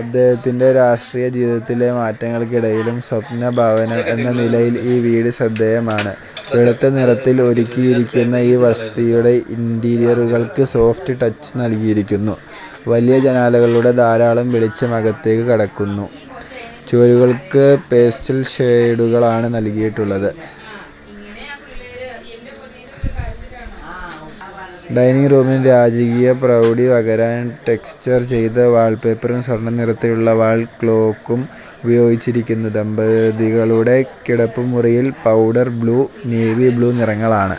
അദ്ദേഹത്തിന്റെ രാഷ്ട്രീയ ജീവിതത്തിലെ മാറ്റങ്ങൾക്കിടയിലും, സ്വപ്നഭവനം എന്ന നിലയിൽ ഈ വീട് ശ്രദ്ധേയമാണ്. വെളുത്ത നിറത്തിൽ ഒരുക്കിയിരിക്കുന്ന ഈ വസതിയുടെ ഇന്റീരിയറുകൾക്ക് 'സോഫ്റ്റ് ടച്ച്' നൽകിയിരിക്കുന്നു, വലിയ ജനാലകളിലൂടെ ധാരാളം വെളിച്ചം അകത്തേക്ക് കടക്കുന്നു, ചുവരുകൾക്ക് പേസ്റ്റൽ ഷേഡുകളാണ് നൽകിയിട്ടുള്ളത്. ഡൈനിങ് റൂമിന് രാജകീയ പ്രൗഢി പകരാൻ ടെക്സ്ചർ ചെയ്ത വാൾപേപ്പറും സ്വർണ നിറത്തിലുള്ള വാൾ ക്ലോക്കും ഉപയോഗിച്ചിരിക്കുന്നു, ദമ്പതികളുടെ കിടപ്പുമുറിയിൽ പൗഡർ-ബ്ലൂ, നേവി ബ്ലൂ നിറങ്ങളാണ്.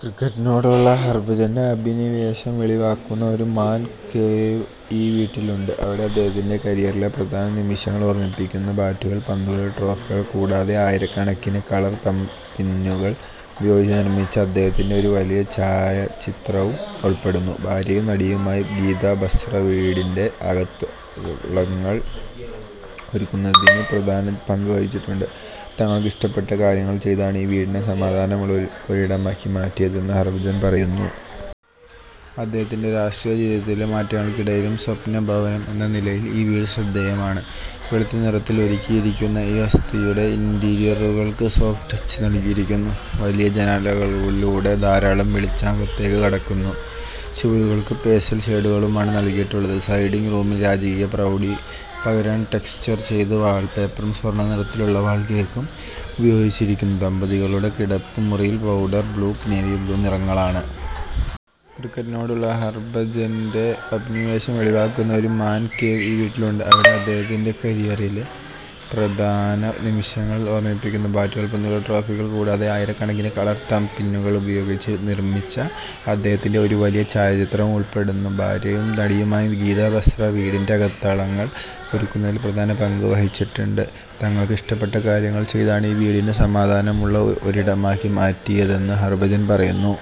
ക്രിക്കറ്റിനോടുള്ള ഹർഭജന്റെ അഭിനിവേശം വെളിവാക്കുന്ന ഒരു 'മാൻ കേവ്' ഈ വീട്ടിലുണ്ട്, അവിടെ അദ്ദേഹത്തിന്റെ കരിയറിലെ പ്രധാന നിമിഷങ്ങൾ ഓർമ്മിപ്പിക്കുന്ന ബാറ്റുകൾ, പന്തുകൾ, ട്രോഫികൾ, കൂടാതെ ആയിരക്കണക്കിന് കളർ തംബ് പിന്നുകൾ ഉപയോഗിച്ച് നിർമ്മിച്ച അദ്ദേഹത്തിന്റെ ഒരു വലിയ ഛായാചിത്രവും ഉൾപ്പെടുന്നു. ഭാര്യയും നടിയുമായ ഗീത ബസ്ര വീടിന്റെ അകത്തളങ്ങൾ ഒരുക്കുന്നതിൽ പ്രധാന പങ്ക് വഹിച്ചിട്ടുണ്ട്, തങ്ങൾക്ക് ഇഷ്ടപ്പെട്ട കാര്യങ്ങൾ ചെയ്താണ് ഈ വീടിനെ സമാധാനമുള്ള ഒരിടമാക്കി മാറ്റിയതെന്ന് ഹർഭജൻ പറയുന്നു. അദ്ദേഹത്തിന്റെ രാഷ്ട്രീയ ജീവിതത്തിലെ മാറ്റങ്ങൾക്കിടയിലും, സ്വപ്നഭവനം എന്ന നിലയിൽ ഈ വീട് ശ്രദ്ധേയമാണ്. വെളുത്ത നിറത്തിൽ ഒരുക്കിയിരിക്കുന്ന ഈ വസതിയുടെ ഇന്റീരിയറുകൾക്ക് 'സോഫ്റ്റ് ടച്ച്' നൽകിയിരിക്കുന്നു, വലിയ ജനാലകളിലൂടെ ധാരാളം വെളിച്ചം അകത്തേക്ക് കടക്കുന്നു, ചുവരുകൾക്ക് പേസ്റ്റൽ ഷേഡുകളാണ് നൽകിയിട്ടുള്ളത്. ഡൈനിങ് റൂമിന് രാജകീയ പ്രൗഢി പകരാൻ ടെക്സ്ചർ ചെയ്ത വാൾപേപ്പറും സ്വർണ നിറത്തിലുള്ള വാൾ ക്ലോക്കും ഉപയോഗിച്ചിരിക്കുന്നു, ദമ്പതികളുടെ കിടപ്പുമുറിയിൽ പൗഡർ-ബ്ലൂ, നേവി ബ്ലൂ നിറങ്ങളാണ്. ക്രിക്കറ്റിനോടുള്ള ഹർഭജന്റെ അഭിനിവേശം വെളിവാക്കുന്ന ഒരു 'മാൻ കേവ്' ഈ വീട്ടിലുണ്ട്, അവിടെ അദ്ദേഹത്തിന്റെ കരിയറിലെ പ്രധാന നിമിഷങ്ങൾ ഓർമ്മിപ്പിക്കുന്ന ബാറ്റുകൾ, പന്തുകൾ, ട്രോഫികൾ, കൂടാതെ ആയിരക്കണക്കിന് കളർ തംബ് പിന്നുകൾ ഉപയോഗിച്ച് നിർമ്മിച്ച അദ്ദേഹത്തിന്റെ ഒരു വലിയ ഛായാചിത്രവും ഉൾപ്പെടുന്നു. ഭാര്യയും നടിയുമായ ഗീത ബസ്ര വീടിന്റെ അകത്തളങ്ങൾ ഒരുക്കുന്നതിൽ പ്രധാന പങ്ക് വഹിച്ചിട്ടുണ്ട്, തങ്ങൾക്ക് ഇഷ്ടപ്പെട്ട കാര്യങ്ങൾ ചെയ്താണ് ഈ വീടിനെ സമാധാനമുള്ള ഒരിടമാക്കി മാറ്റിയതെന്ന് ഹർഭജൻ പറയുന്നു.